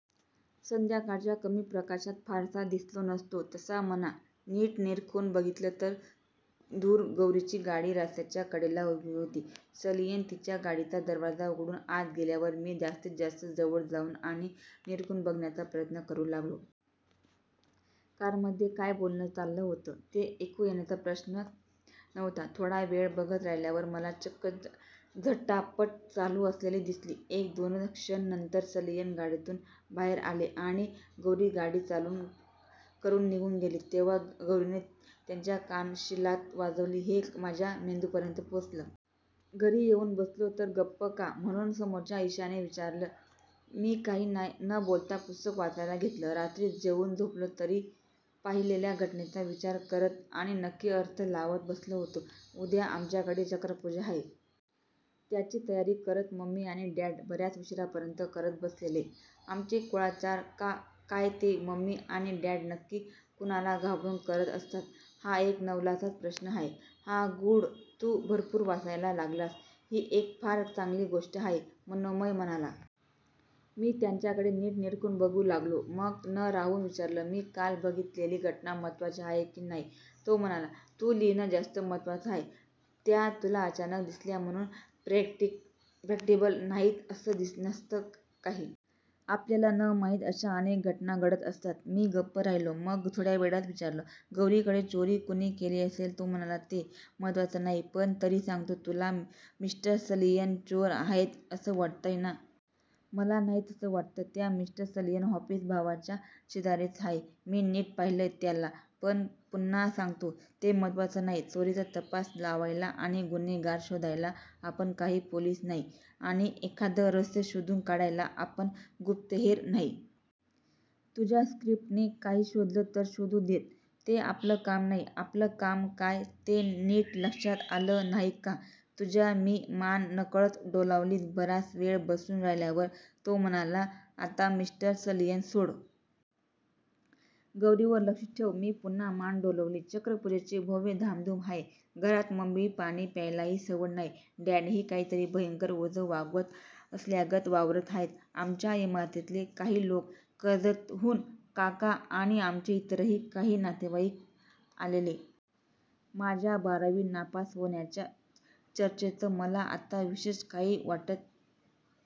संध्याकाळच्या कमी प्रकाशात फारसा दिसलो नसतो तसा म्हणा. नीट निरखून बघितलं तर दूर गौरीची गाडी रस्त्याच्या कडेला उभी होती. सलियन तिच्या गाडीचा दरवाजा उघडून आत गेल्यावर मी जास्तीत जास्त जवळ जाऊन आणि निरखून बघण्याचा प्रयत्न करू लागलो. कारमध्ये काय बोलणं चाललं होतं, ते ऐकू येण्याचा प्रश्नच नव्हता. थोडा वेळ बघत राहिल्यावर मला चक्क झटापट चालू असलेली दिसली- एक दोनच क्षण. नंतर सलियन गाडीतून बाहेर आले, आणि गौरी गाडी चालू करून निघून गेली तेव्हा गौरीने त्यांच्या कानशिलात वाजवली- हे माझ्या मेंदूपर्यंत पोचलं. घरी येऊन बसलो तर गप्प का-- म्हणून समोरच्या इशाने विचारलं. मी काही न बोलता पुस्तक वाचायला घेतलं. रात्री जेऊन झोपलो, तरी पाहिलेल्या घटनेचा विचार करत आणि नक्की अर्थ लावत बसलो होतो. उद्या आमच्याकडे चक्रपूजा आहे. त्याची तयारी करत मम्मी आणि डॅड बर्याच उशिरापर्यंत करत बसलेले. आमचे कुळाचार का काय ते- मम्मी आणि डॅड नक्की कुणाला घाबरून करत असतात, हा एक नवलाचाच प्रश्न आहे. हां. गुड. तू भरपूर वाचायला लागलास ही एक फार चांगली गोष्ट आहे-- मनोमय म्हणाला. मी त्याच्याकडे नीट निरखून बघू लागलो. मग न राहवून विचारलं-- मी काल बघितलेली घटना महत्वाची आहे की नाही? तो म्हणाला-- तुझं लिहिणं जास्त महत्वाचं आहे. त्या तुला अचानक दिसल्या म्हणून प्रेडिक्टेबल नाहीत असं नसतं काही. आपल्याला न माहित अशा अनेक घटना घडत असतात. मी गप्प राहिलो. मग थोड्या वेळात विचारलं-- गौरीकडे चोरी कुणी केली असेल? तो म्हणाला- ते महत्वाचं नाही. पण तरी सांगतो. तुला मिस्टर सलियन चोर आहेत असं वाटतंय ना? मला नाही तसं वाटत. त्या मिस्टर सलियनचं ऑफिस भावाच्या शेजारीच आहे. मी नीट पाहिलंय त्याला. पण पुन्हा सांगतो- ते महत्वाचं नाही. चोरीचा तपास लावायला आणि गुन्हेगार शोधायला आपण काही पोलिस नाही. आणि एखादं रहस्य शोधून काढायला आपण गुप्तहेर नाही. तुझ्या स्क्रिप्टने काही शोधलं तर शोधू देत. ते आपलं काम नाही. आपलं काम काय- ते नीट लक्षात आलं नाही का तुझ्या? मी मान नकळत डोलावली. बराच वेळ बसून राहिल्यावर तो म्हणाला-- आता मिस्टर सलियन सोड. गौरीवर लक्ष ठेव. मी पुन्हा मान डोलावली. चक्रपुजेची भव्य धामधुम आहे घरात. मम्मीला पाणी प्यायलाही सवड नाही. डॅडही काहीतरी भयंकर ओझं वागवत असल्यागत वावरत आहेत. आमच्या इमारतीतले काही लोक, कर्जतहून काका आणि आमचे इतरही काही नातेवाईक आलेले. माझ्या बारावी नापास होण्याच्या चर्चेचं मला आता विशेष काही वाटत